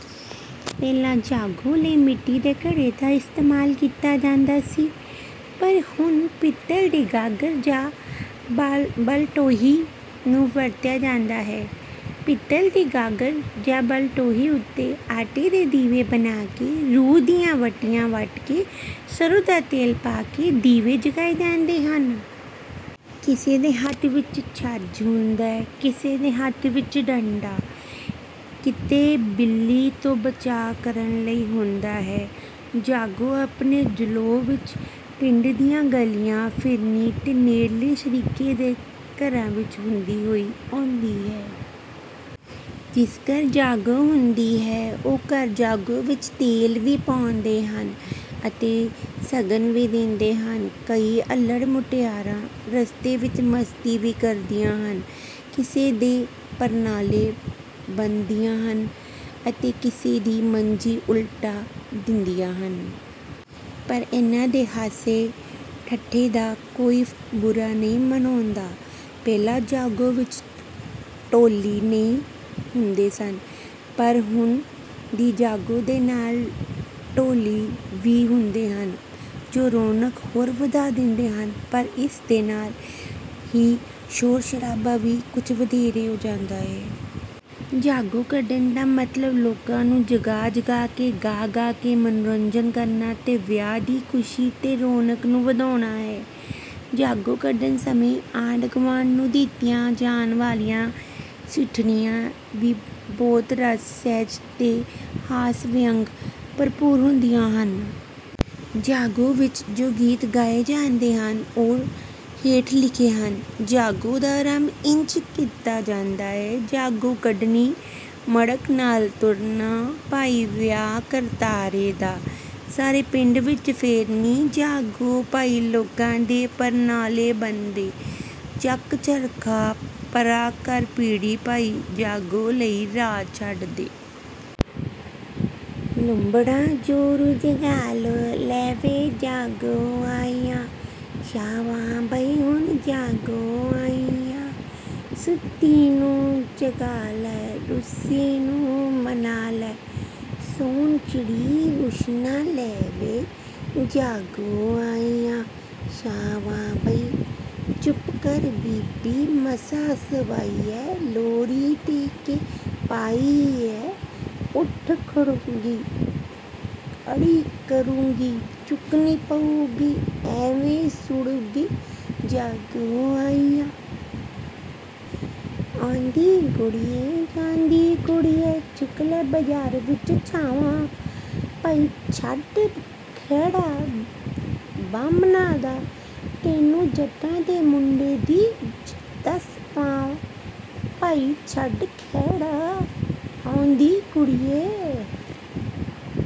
ਪਹਿਲਾਂ ਜਾਗੋ ਲਈ ਮਿੱਟੀ ਦੇ ਘੜੇ ਦਾ ਇਸਤੇਮਾਲ ਕੀਤਾ ਜਾਂਦਾ ਸੀ, ਪਰ ਹੁਣ ਪਿੱਤਲ ਦੀ ਗਾਗਰ ਜਾਂ ਬਲਟੋਹੀ ਨੂੰ ਵਰਤਿਆ ਜਾਂਦਾ ਹੈ। ਪਿੱਤਲ ਦੀ ਗਾਗਰ ਜਾਂ ਬਲਟੋਹੀ ਉੱਤੇ ਆਟੇ ਦੇ ਦੀਵੇ ਬਣਾ ਕੇ ਰੂੰ ਦੀਆਂ ਵੱਟੀਆਂ ਵੱਟ ਕੇ ਸਰ੍ਹੋਂ ਦਾ ਤੇਲ ਪਾ ਕੇ ਦੀਵੇ ਜਗਾਏ ਜਾਂਦੇ ਹਨ। ਕਿਸੇ ਦੇ ਹੱਥ ਵਿੱਚ ਛੱਜ ਹੁੰਦਾ ਹੈ, ਕਿਸੇ ਦੇ ਹੱਥ ਵਿੱਚ ਡੰਡਾ, ਕਿਤੇ ਬਿੱਲੀ ਤੋਂ ਬਚਾਅ ਕਰਨ ਲਈ ਹੁੰਦਾ ਹੈ। ਜਾਗੋ ਆਪਣੇ ਜਲੌਅ ਵਿੱਚ ਪਿੰਡ ਦੀਆਂ ਗਲੀਆਂ, ਫਿਰਨੀ ਤੇ ਨੇੜਲੇ ਸ਼ਰੀਕੇ ਦੇ ਘਰਾਂ ਵਿੱਚ ਹੁੰਦੀ ਹੋਈ ਆਉਂਦੀ ਹੈ। ਜਿਸ ਘਰ ਜਾਗੋ ਹੁੰਦੀ ਹੈ ਉਹ ਘਰ ਜਾਗੋ ਵਿੱਚ ਤੇਲ ਵੀ ਪਾਉਂਦੇ ਹਨ ਅਤੇ ਸ਼ਗਨ ਵੀ ਦਿੰਦੇ ਹਨ। ਕਈ ਅੱਲ੍ਹੜ ਮੁਟਿਆਰਾਂ ਰਸਤੇ ਵਿੱਚ ਮਸਤੀ ਵੀ ਕਰਦੀਆਂ ਹਨ। ਕਿਸੇ ਦੇ ਪਰਨਾਲੇ ਭੰਨਦੀਆਂ ਹਨ ਅਤੇ ਕਿਸੇ ਦੀ ਮੰਜੀ ਉਲਟਾ ਦਿੰਦੀਆਂ ਹਨ। ਪਰ ਇਹਨਾਂ ਦੇ ਹਾਸੇ-ਠੱਠੇ ਦਾ ਕੋਈ ਬੁਰਾ ਨਹੀਂ ਮਨਾਉਂਦਾ। ਪਹਿਲਾਂ ਜਾਗੋ ਵਿੱਚ ਢੋਲੀ ਨਹੀਂ ਹੁੰਦੇ ਸਨ, ਪਰ ਹੁਣ ਦੀ ਜਾਗੋ ਦੇ ਨਾਲ ਢੋਲੀ ਵੀ ਹੁੰਦੇ ਹਨ, ਜੋ ਰੌਣਕ ਹੋਰ ਵਧਾ ਦਿੰਦੇ ਹਨ। ਪਰ ਇਸ ਦੇ ਨਾਲ ਹੀ ਸ਼ੋਰ-ਸ਼ਰਾਬਾ ਵੀ ਕੁੱਝ ਵਧੇਰੇ ਹੋ ਜਾਂਦਾ ਹੈ। ਜਾਗੋ ਕੱਢਣ ਦਾ ਮੰਤਵ ਲੋਕਾਂ ਨੂੰ ਜਗਾ-ਜਗਾ ਕੇ, ਗਾ-ਗਾ ਕੇ ਮਨੋਰੰਜਨ ਕਰਨਾ ਤੇ ਵਿਆਹ ਦੀ ਖ਼ੁਸ਼ੀ ਤੇ ਰੌਣਕ ਨੂੰ ਵਧਾਉਣਾ ਹੈ। ਜਾਗੋ ਕੱਢਣ ਸਮੇਂ ਆਂਢ-ਗੁਆਂਢ ਨੂੰ ਦਿੱਤੀਆਂ ਜਾਣ ਵਾਲੀਆਂ ਸਿੱਠਣੀਆਂ ਵੀ ਬਹੁਤ ਰਸ, ਸੁਹਜ ਤੇ ਹਾਸ-ਵਿਅੰਗ ਭਰਪੂਰ ਹੁੰਦੀਆਂ ਹਨ। ਜਾਗੋ ਵਿੱਚ ਜੋ ਗੀਤ ਗਾਏ ਜਾਂਦੇ ਹਨ ਉਹ ਹੇਠ ਲਿਖੇ ਹਨ। ਜਾਗੋ ਦਾ ਆਰੰਭ ਇੰਜ ਕੀਤਾ ਜਾਂਦਾ ਹੈ: ਜਾਗੋ ਕੱਢਣੀ ਮੜ੍ਹਕ ਨਾਲ, ਤੁਰਨਾ ਭਈ ਵਿਆਹ ਕਰਤਾਰੇ ਦਾ, ਸਾਰੇ ਪਿੰਡ ਵਿੱਚ ਫੇਰਨੀ ਜਾਗੋ ਭਈ, ਲੋਕਾਂ ਦੇ ਪਰਨਾਲੇ ਭੰਨਣੇ, ਚੱਕ ਚਰਖਾ ਪਰ੍ਹਾਂ ਕਰ ਪੀੜ੍ਹੀ ਭਈ, ਜਾਗੋ ਲਈ ਰਾਹ ਛੱਡ ਦੇ। ਲੰਬੜਾ ਜੋਰੂ ਜਗਾ ਲੈ ਵੇ, ਜਾਗੋ ਆਈ ਆ, ਸ਼ਾਵਾ ਬਈ ਹੁਣ ਜਾਗੋ ਆਈ ਆ, ਸੁੱਤੀ ਨੂੰ ਜਗਾ ਲੈ, ਰੁੱਸੀ ਨੂੰ ਮਨਾ ਲੈ, ਸੋਨ ਚਿੜੀ ਰੁਸ਼ਨਾ ਲੈ ਵੇ, ਜਾਗੋ ਆਈ ਆ, ਸਾਵ ਬਈ। ਚੁੱਪ ਕਰ ਬੀਬੀ, ਮਸਾਂ ਸਵਾਈ ਆ, ਲੋਰੀ ਦੇ ਕੇ ਪਾਈ ਆ, ਉੱਠ ਖੜੂਗੀ ਅੜੀ ਕਰੂਗੀ, ਚੱਕਣੀ ਪਊਗੀ, ਐਵੇਂ ਸੂੜੂ ਗੀ, ਜਾਗੋ ਆਈ ਆ। ਆਉਂਦੀ ਕੁੜੀਏ ਜਾਂਦੀ ਕੁੜੀਏ, ਚੁੱਕ ਲਿਆ ਬਾਜ਼ਾਰ ਵਿੱਚੋਂ ਝਾਵਾਂ ਬਈ, ਛੱਡ ਖਹਿੜਾ ਬਾਹਮਣਾ ਦਾ, ਤੈਨੂੰ ਜੱਟਾਂ ਦੇ ਮੁੰਡੇ ਦੀ ਦੱਸ ਪਾਵਾਂ ਬਈ, ਛੱਡ ਖਹਿੜਾ। ਆਉਂਦੀ ਕੁੜੀਏ